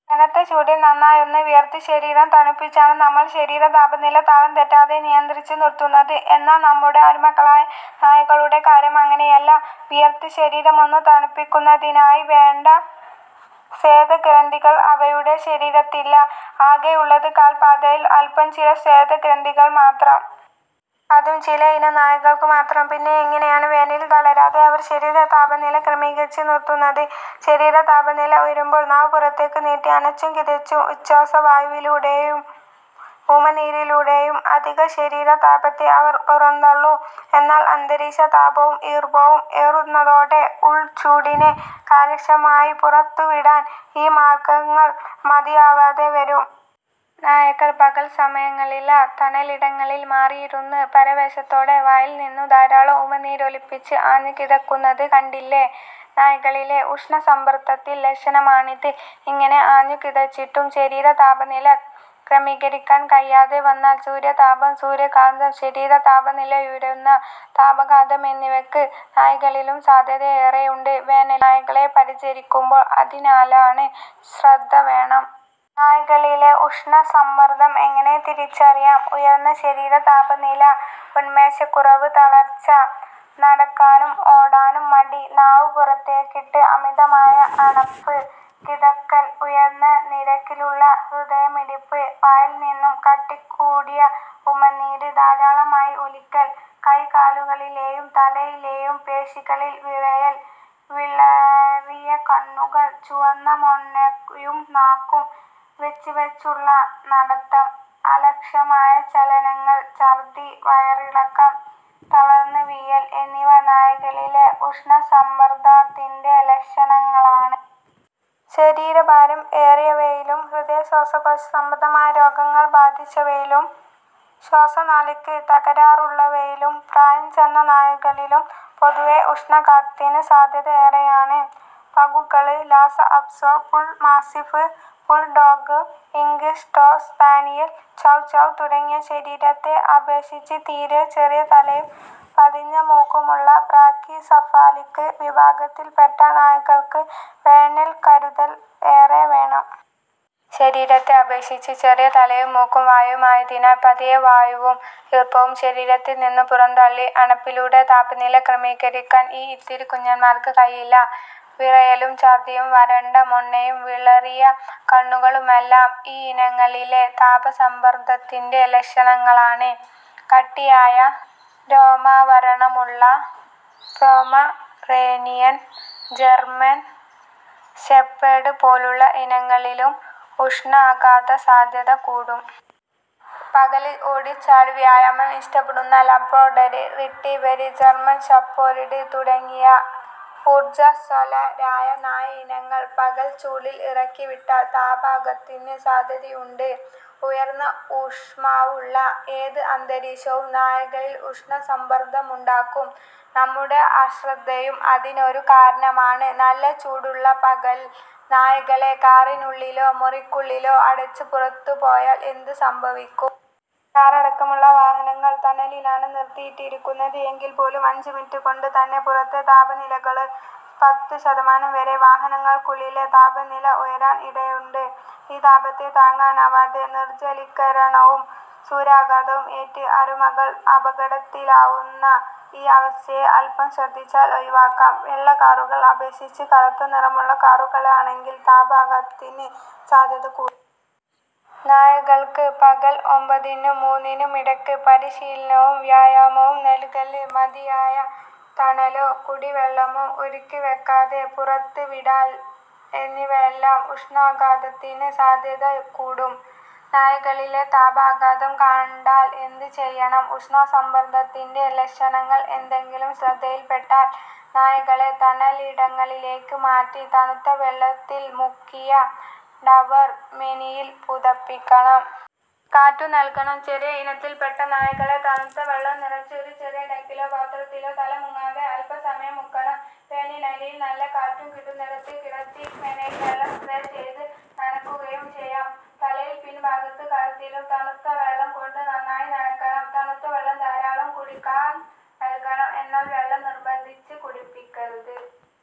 കനത്ത ചൂടില്‍ നന്നായൊന്ന് വിയര്‍ത്ത് ശരീരം തണുപ്പിച്ചാണ് നമ്മള്‍ ശരീര താപനില താളം തെറ്റാതെ നിയന്ത്രിച്ച് നിര്‍ത്തുന്നത്. എന്നാല്‍ നമ്മുടെ അരുമകളായ നായ്ക്കളുടെ കാര്യം അങ്ങനെയല്ല. വിയര്‍ത്ത് ശരീരമൊന്ന് തണുപ്പിക്കുന്നതിനായി വേണ്ട സ്വേദഗ്രന്ഥികൾ അവയുടെ ശരീരത്തിലില്ല, ആകെയുള്ളത് കാൽ പാദത്തിൽ അല്‍പ്പം ചില സ്വേദഗ്രന്ഥികൾ മാത്രം. അതും ചിലയിനം നായ്ക്കള്ക്കു മാത്രം. പിന്നെങ്ങെനെയാണ് വേനലില്‍ തളരാതെ അവര്‍ ശരീരതാപനില ക്രമീകരിച്ച് നിര്‍ത്തുന്നത്? ശരീരതാപനില ഉയരുമ്പോള്‍ നാവ് പുറത്തേക്ക് നീട്ടി അണച്ചും കിതച്ചും ഉച്ഛ്വാസവായുവിലൂടെയും ഉമിനീരിലൂടെയും അധിക ശരീരതാപത്തെ അവര്‍ പുറന്തളളും. എന്നാല്‍ അന്തരീക്ഷതാപവും ഈര്‍പ്പവും ഏറുന്നതോടെ ഉൾചൂടിനെ കാര്യക്ഷമമായി പുറത്തുവിടാന്‍ ഈ മാര്‍ഗ്ഗങ്ങള്‍ മതിയാവാതെ വരും. നായ്ക്കള്‍ പകല്‍ സമയങ്ങളില്ല തണലിടങ്ങളിൽ മാറിയിരുന്ന് പരവേശത്തോടെ വായില്നിന്ന് ധാരാളം ഉമിനീരൊലിപ്പിച്ച് ആഞ്ഞ് കിതയ്ക്കുന്നത് കണ്ടിട്ടില്ലേ? നായ്ക്കളിലെ ഉഷ്ണ സമ്മര്‍ദ്ദത്തിന്‍റെ ലക്ഷണമാണിത്. ഇങ്ങനെ ആഞ്ഞു കിതച്ചിട്ടും ശരീരതാപനില ക്രമീകരിക്കാന്‍ കഴിയാതെ വന്നാല്‍ സൂര്യാതാപം, സൂര്യാഘാതം, ശരീരതാപനിലയുയരുന്ന താപാഘാതം എന്നിവയ്ക്ക് നായ്ക്കളിലും സാധ്യതയേറെയുണ്ട്. വേനലില്‍ നായ്ക്കളെ പരിചരിക്കുമ്പോള്‍ അതിനാല് ശ്രദ്ധവേണം. നായ്ക്കളിലെ ഉഷ്ണസമ്മർദ്ദം എങ്ങനെ തിരിച്ചറിയാം? ഉയര്‍ന്ന ശരീര താപനില, ഉന്മേഷക്കുറവ്, തളര്‍ച്ച, നടക്കാനും ഓടാനും മടി, നാവ് പുറത്തേക്കിട്ട് അമിതമായ അണപ്പ്, കിതയ്ക്കല്‍, ഉയര്‍ന്ന നിരക്കിലുള്ള ഹൃദയമിടിപ്പ്, വായില്നിന്ന് കട്ടികൂടിയ ഉമിനീർ ധാരാളമായി ഒലിക്കല്‍, കൈകാലുകളിലേയും തലയിലെയും പേശികളില്‍ വിറയല്‍, വിളറിയ കണ്ണുകള്‍, ചുവന്ന മോണയും നാക്കും, വേച്ച് വേച്ചുള്ള നടത്തം, അലക്ഷ്യമായ ചലനങ്ങള്‍, ഛര്‍ദ്ദി, വയറിളക്കം, തളര്‍ന്ന് വീഴല്‍ എന്നിവ നായ്ക്കളിലെ ഉഷ്ണസമ്മർദ്ദത്തിന്റെ ലക്ഷണങ്ങളാണ്. ശരീരഭാരം ഏറിയവയിലും ഹൃദയ-ശ്വാസകോശ സംബന്ധമായ രോഗങ്ങള്‍ ബാധിച്ചവയിലും ശ്വസനനാളിക്ക് തകരാറുള്ളവയിലും പ്രായം ചെന്ന നായ്ക്കളിലും പൊതുവെ ഉഷ്ണാഘാതത്തിന് സാധ്യത ഏറെയാണ്. പഗ്ഗുകള്, Lhasa apso, bull mastiff, bulldog, English toy spaniel, chow chow തുടങ്ങിയ ശരീരത്തെ അപേക്ഷിച്ച് തീരെ ചെറിയ തലയും പതിഞ്ഞ മൂക്കുമുള്ള ബ്രാക്കിസെഫാലിക് വിഭാഗത്തില്പ്പെട്ട നായ്ക്കള്‍ക്ക് വേനല്‍ കരുതല്‍ ഏറെ വേണം. ശരീരത്തെ അപേക്ഷിച്ച് ചെറിയ തലയും മൂക്കും വായയുമായതിനാൽ മതിയായ വായുവും ഈര്‍പ്പവും ശരീരത്തില്നിന്ന് പുറന്തള്ളി അണപ്പിലൂടെ താപനില ക്രമീകരിക്കാന്‍ ഈ ഇത്തിരി കുഞ്ഞന്മാർക്ക് കഴിയില്ല. വിറയലും ഛര്‍ദ്ദിയും വരണ്ട മോണയും വിളറിയ കണ്ണുകളുമെല്ലാം ഈയിനങ്ങളിലെ താപ സമ്മർദ്ദത്തിന്റെ ലക്ഷണങ്ങളാണ്. കട്ടിയായ രോമാവരണമുള്ള പൊമറേനിയന്, ജര്‍മൻ ഷെപ്പേഡ് പോലുള്ള ഇനങ്ങളിലും ഉഷ്ണാഘാതസാധ്യത കൂടും. പകല് ഓടിച്ചാടി വ്യായാമം ഇഷ്ടപ്പെടുന്ന ലാബ്രഡോര് റിട്രീവര്, ജര്മന് ഷെപ്പേര്ഡ് തുടങ്ങിയ ഊര്ജസ്വലരായ നായ ഇനങ്ങളെ പകല്ചൂടില് ഇറക്കിവിട്ടാല്‍ താപാഘാതത്തിന് സാധ്യതയുണ്ട്. ഉയര്‍ന്ന ഊഷ്മാവുള്ള ഏത് അന്തരീക്ഷവും നായകളില്‍ ഉഷ്ണസമ്മർദ്ദമുണ്ടാക്കും. നമ്മുടെ അശ്രദ്ധയും അതിനൊരു കാരണമാണ്. നല്ല ചൂടുള്ള പകലില്‍ നായ്ക്കളെ കാറിനുള്ളിലോ, മുറിയ്ക്കുള്ളിലോ അടച്ച് പുറത്ത് പോയാല്‍ എന്ത് സംഭവിക്കും? കാറടക്കമുള്ള വാഹനങ്ങള്‍ തണലിലാണ് നിർത്തിയിട്ടിരിക്കുന്നത് എങ്കില്‍ പോലും അഞ്ചു മിനിറ്റ് കൊണ്ടു തന്നെ പുറത്തെ താപനിലയേക്കാള് പത്ത് ശതമാനം വരെ വാഹനങ്ങള്‍ക്കുള്ളിലെ താപനില ഉയരാന്‍ ഇടയുണ്ട്. ഈ താപത്തെ താങ്ങാനാവാതെ നിർജലീകരണവും, സൂര്യാഘാതവും ഏറ്റ് അരുമകള്‍ അപകടത്തിലാവുന്ന ഈ അവസ്ഥയെ അൽപം ശ്രദ്ധിച്ചാല്‍ ഒഴിവാക്കാം. വെള്ള കാറുകളെ അപേക്ഷിച്ച് കറുത്ത നിറമുള്ള കാറുകളാണെങ്കിൽ താപാഘാതത്തിന് സാധ്യത കൂടും. നായ്ക്കള്‍ക്ക് പകല്‍ ഒമ്പതിനും മൂന്നിനുമിടയ്ക്ക് പരിശീലനവും വ്യായാമവും നല്കല്, മതിയായ തണലോ കുടിവെള്ളമോ ഒരുക്കി വയ്ക്കാതെ പുറത്ത് വിടല്‍ എന്നിവയെല്ലാം ഉഷ്ണാഘാതത്തിന് സാധ്യതകൂട്ടും. നായ്ക്കളില്‍ താപാഘാതം കണ്ടാല്‍ എന്ത് ചെയ്യണം? ഉഷ്ണസമ്മർദ്ദത്തിന്റെ ലക്ഷണങ്ങള്‍ ഏതെങ്കിലും ശ്രദ്ധിക്കപ്പെട്ടാല്‍ നായ്ക്കളെ തണലിടങ്ങളിലേക്ക് മാറ്റി തണുത്ത വെള്ളത്തില്‍ മുക്കിയ ടവ്വൽ മേനിയില്‍ പുതപ്പിക്കണം. കാറ്റും നല്കണം. ചെറിയ ഇനത്തിൽപ്പെട്ട നായ്ക്കളെ തണുത്ത വെള്ളം നിറച്ച ഒരു ചെറിയ ടാങ്കിലോ പാത്രത്തിലോ തല മുങ്ങാതെ അല്പ്പസമയം മുക്കണം. ഫാനിനടിയിൽ നല്ല കാറ്റു കിട്ടുന്നിടത്ത് കിടത്തി മേനിയില്‍ വെള്ളം സ്പ്രേ ചെയ്ത് നനയ്ക്കുകയും ചെയ്യാം. തലയുടെ പിൻ ഭാഗത്തും കഴുത്തിലും തണുത്തവെള്ളം കൊണ്ട് നന്നായി നനയ്ക്കണം. തണുത്ത വെള്ളം ധാരാളം കുടിക്കാന്‍ നല്കണം. എന്നാല്‍, വെള്ളം നിര്‍ബന്ധിച്ച് കുടിപ്പിക്കരുത്.